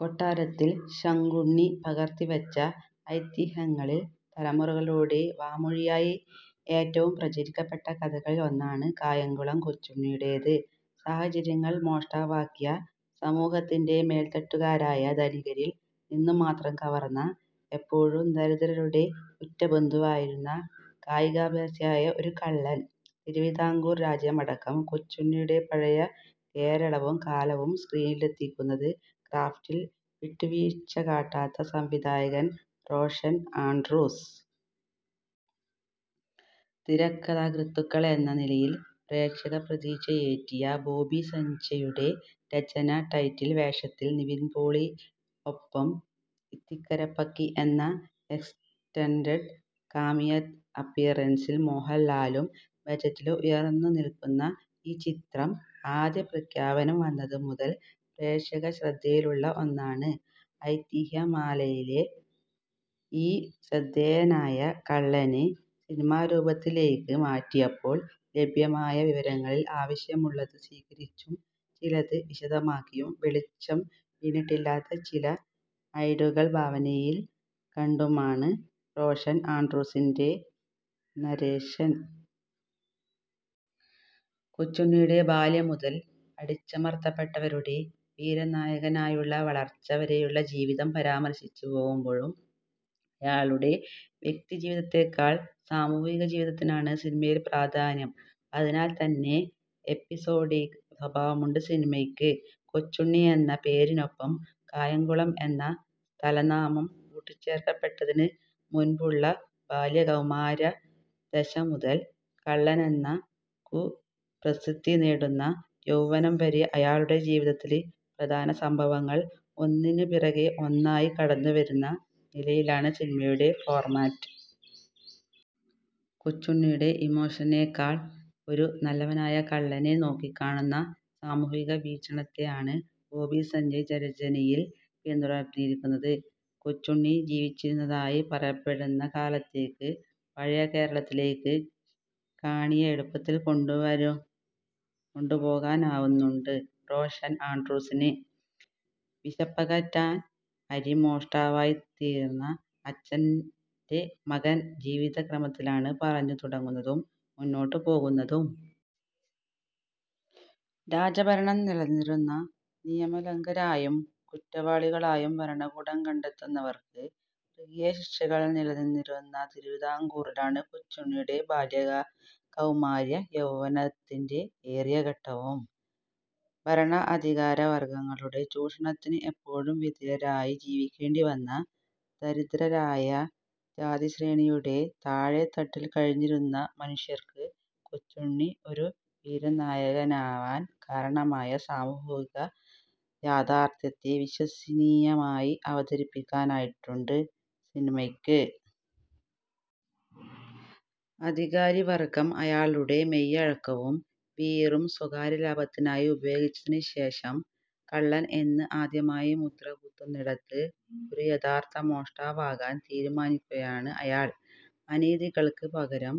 കൊട്ടാരത്തിൽ ശങ്കുണ്ണി പകർത്തിവച്ച ' ഐതിഹ്യങ്ങളി ' ൽ തലമുറകളിലൂടെ വാമൊഴിയായി ഏറ്റവും പ്രചരിക്കപ്പെട്ട കഥകളിൽ ഒന്നാണ് കായംകുളം കൊച്ചുണ്ണിയുടേത്. സാഹചര്യങ്ങൾ മോഷ്ടാവാക്കിയ, സമൂഹത്തിന്റെ മേൽത്തട്ടുകാരായ ധനികരിൽ നിന്ന് മാത്രം കവർന്ന, എപ്പോഴും ദരിദ്രരുടെ ഉറ്റബന്ധുവായിരുന്ന, കായികാഭ്യാസിയായ ഒരു കള്ളൻ. തിരുവിതാംകൂർ രാജ്യമടക്കം കൊച്ചുണ്ണിയുടെ പഴയ കേരളവും കാലവും സ്ക്രീനിലെത്തിക്കുന്നത് ക്രാഫ്റ്റിൽ വിട്ടുവീഴ്ച കാട്ടാത്ത സംവിധായകൻ റോഷൻ ആൻഡ്രൂസ്. തിരക്കഥാകൃത്തുക്കൾ എന്ന നിലയിൽ പ്രേക്ഷക പ്രതീക്ഷയേറ്റിയ ബോബി സഞ്ജയ്യുടെ രചന, ടൈറ്റിൽ വേഷത്തിൽ നിവിൻ പോളി. ഒപ്പം ഇത്തിക്കര പക്കി എന്ന എക്സ്റ്റന്റഡ് കാമിയോ അപ്പിയറൻസിൽ മോഹൻലാലും. ബജറ്റിലും ഉയർന്നു നിൽക്കുന്ന ഈ ചിത്രം ആദ്യ പ്രഖ്യാപനം വന്നത് മുതൽ പ്രേക്ഷകശ്രദ്ധയിലുള്ള ഒന്നാണ്. ഐതിഹ്യമാലയിലെ ഈ ' ശ്രദ്ധേയനായ കള്ളനെ ' സിനിമാരൂപത്തിലേക്ക് മാറ്റിയപ്പോൾ ലഭ്യമായ വിവരങ്ങളിൽ ആവശ്യമുള്ളത് സ്വീകരിച്ചും ചിലത് വിശദമാക്കിയും വെളിച്ചം വീണിട്ടില്ലാത്ത ചില ഐടുകൾ ഭാവനയിൽ കണ്ടുമാണ് റോഷൻ ആൻഡ്രൂസിന്റെ നരേഷൻ. കൊച്ചുണ്ണിയുടെ ബാല്യം മുതൽ അടിച്ചമർത്തപ്പെട്ടവരുടെ വീരനായകനായുള്ള വളർച്ച വരെയുള്ള ജീവിതം പരാമർശിച്ച് പോകുമ്പോഴും അയാളുടെ വ്യക്തിജീവിതത്തേക്കാൾ സാമൂഹിക ജീവിതത്തിനാണ് സിനിമയിൽ പ്രധാന്യം. അതിനാൽത്തന്നെ എപ്പിസോഡിക് സ്വഭാവമുണ്ട് സിനിമയ്ക്ക്. ' കൊച്ചുണ്ണി ' എന്ന പേരിനൊപ്പം കായംകുളം എന്ന സ്ഥലനാമം കൂട്ടിച്ചേർക്കപ്പെട്ടതിന് മുൻപുള്ള ബാല്യ കൌമാര ദശ മുതൽ കള്ളനെന്ന ' കു / പ്രസിദ്ധി ' നേടുന്ന യൌവനം വരെ അയാളുടെ ജീവിതത്തിലെ പ്രധാന സംഭവങ്ങൾ ഒന്നിന് പിറകെ ഒന്നായി കടന്നുവരുന്ന നിലയിലാണ് സിനിമയുടെ ഫോർമാറ്റ്. കൊച്ചുണ്ണിയുടെ ' ഇമോഷനേ ' ക്കാൾ ഒരു ' നല്ലവനായ കള്ളനെ ' നോക്കിക്കാണുന്ന സാമൂഹിക വീക്ഷണത്തെയാണ് ബോബി സഞ്ജയ് രചനയിൽ പിന്തുടർന്നിരിക്കുന്നത്. കൊച്ചുണ്ണി ജീവിച്ചിരുന്നതായി പറയപ്പെടുന്ന കാലത്തേക്ക്, പഴയ കേരളത്തിലേക്ക് കാണിയെ എളുപ്പത്തിൽ കൊണ്ടുപോകാനാവുന്നുണ്ട് റോഷൻ ആൻഡ്രൂസിന്. വിശപ്പകറ്റാൻ അരി മോഷ്ടാവായിത്തീർന്ന അച്ഛന്റെ മകൻ ജീവിതം ക്രമത്തിലാണ് പറഞ്ഞുതുടങ്ങുന്നതും മുന്നോട്ടുപോകുന്നതും. രാജഭരണം നിലനിന്നിരുന്ന, നിയമ ' ലംഘകരാ ' യും കുറ്റവാളികളായും ഭരണകൂടം കണ്ടെത്തുന്നവർക്ക് മൃഗീയ ശിക്ഷകൾ നിലനിന്നിരുന്ന തിരുവിതാംകൂറിലാണ് കൊച്ചുണ്ണിയുടെ ബാല്യ, കൌമാരങ്ങളും യൌവനത്തിന്റെ ഏറിയ ഘട്ടവും. ഭരണ, അധികാര വർഗ്ഗങ്ങളുടെ ചൂഷണത്തിന് എപ്പോഴും വിധേയരായി ജീവിക്കേണ്ടിവന്ന ദരിദ്രരായ, ജാതിശ്രേണിയുടെ താഴേത്തട്ടിൽ കഴിഞ്ഞിരുന്ന മനുഷ്യർക്ക് കൊച്ചുണ്ണി ഒരു വീരനായകനാവാൻ കാരണമായ സാമൂഹിക യാഥാർഥ്യത്തെ വിശ്വസനീയമായി അവതരിപ്പിക്കാനായിട്ടുണ്ട് സിനിമയ്ക്ക്. അധികാരി വർഗ്ഗം അയാളുടെ മെയ്വഴക്കവും വീറും സ്വകാര്യലാഭത്തിനായി ഉപയോഗിച്ചതിന് ശേഷം കള്ളൻ എന്ന് ആദ്യമായി മുദ്ര കുത്തുന്നിടത്ത് ഒരു യഥാർഥ മോഷ്ടാവാകാൻ തീരുമാനിക്കുകയാണ് അയാൾ, അനീതികൾക്ക് പകരം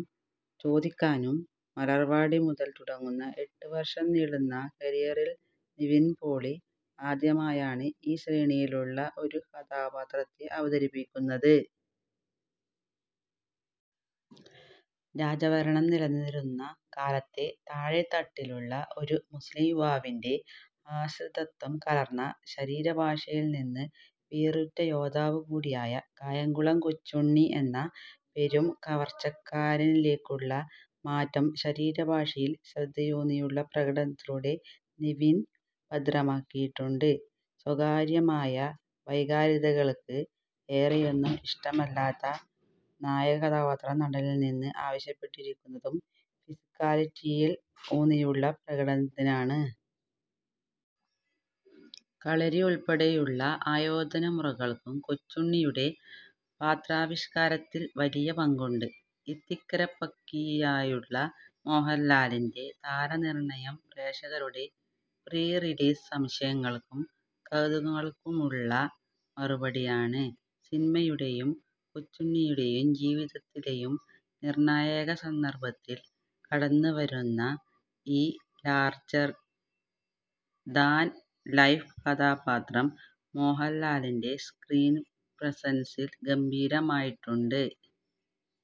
ചോദിക്കാനും. ' മലർവാടി ' മുതൽ തുടങ്ങുന്ന എട്ട് വർഷം നീളുന്ന കരിയറിൽ നിവിൻ പോളി ആദ്യമായാണ് ഈ ശ്രേണിയിലുള്ള ഒരു കഥാപാത്രത്തെ അവതരിപ്പിക്കുന്നത്. രാജഭരണം നിലനിന്നിരുന്ന കാലത്തെ താഴേത്തട്ടിലുള്ള, ഒരു മുസ്ലിം യുവാവിന്റെ ആശ്രിതത്വം കലർന്ന ശരീരഭാഷയിൽ നിന്ന് വീറുറ്റ യോദ്ധാവ് കൂടിയായ കായംകുളം കൊച്ചുണ്ണി എന്ന പെരും കവർച്ചക്കാരനിലേക്കുള്ള മാറ്റം ശരീരഭാഷയിൽ ശ്രദ്ധയൂന്നിയുള്ള പ്രകടനത്തിലൂടെ നിവിൻ ഭദ്രമാക്കിയിട്ടുണ്ട്. സ്വകാര്യമായ വൈകാരികതകൾക്ക് ഏറെയൊന്നും ഇഷ്ട മില്ലാത്ത നായക കഥാപാത്രം നടനിൽ നിന്ന് ആവശ്യപ്പെട്ടിരിക്കുന്നതും ഫിസിക്കാലിറ്റിയിൽ ഊന്നിയുള്ള പ്രകടനത്തിനാണ്. കളരി ഉൾപ്പെടെയുള്ള ആയോധന മുറകൾക്കും ' കൊച്ചുണ്ണി ' യുടെ പാത്രാവിഷ്കാരത്തിൽ വലിയ പങ്കുണ്ട്. ഇത്തിക്കര പക്കിയായുള്ള മോഹൻലാലിന്റെ താരനിർണയം പ്രേക്ഷകരുടെ പ്രീ റിലീസ് സംശയങ്ങൾക്കും കൌതുകങ്ങൾക്കുമുള്ള മറുപടിയാണ്. സിനിമയുടെയും കൊച്ചുണ്ണിയുടെ ജീവിതത്തിലെയും നിർണായക സന്ദർഭത്തിൽ കടന്നുവരുന്ന ഈ ലാർജർ ദാൻ ലൈഫ് കഥാപാത്രം മോഹൻലാലിന്റെ സ്ക്രീൻ പ്രസൻസിൽ ഗംഭീരമായിട്ടുണ്ട്.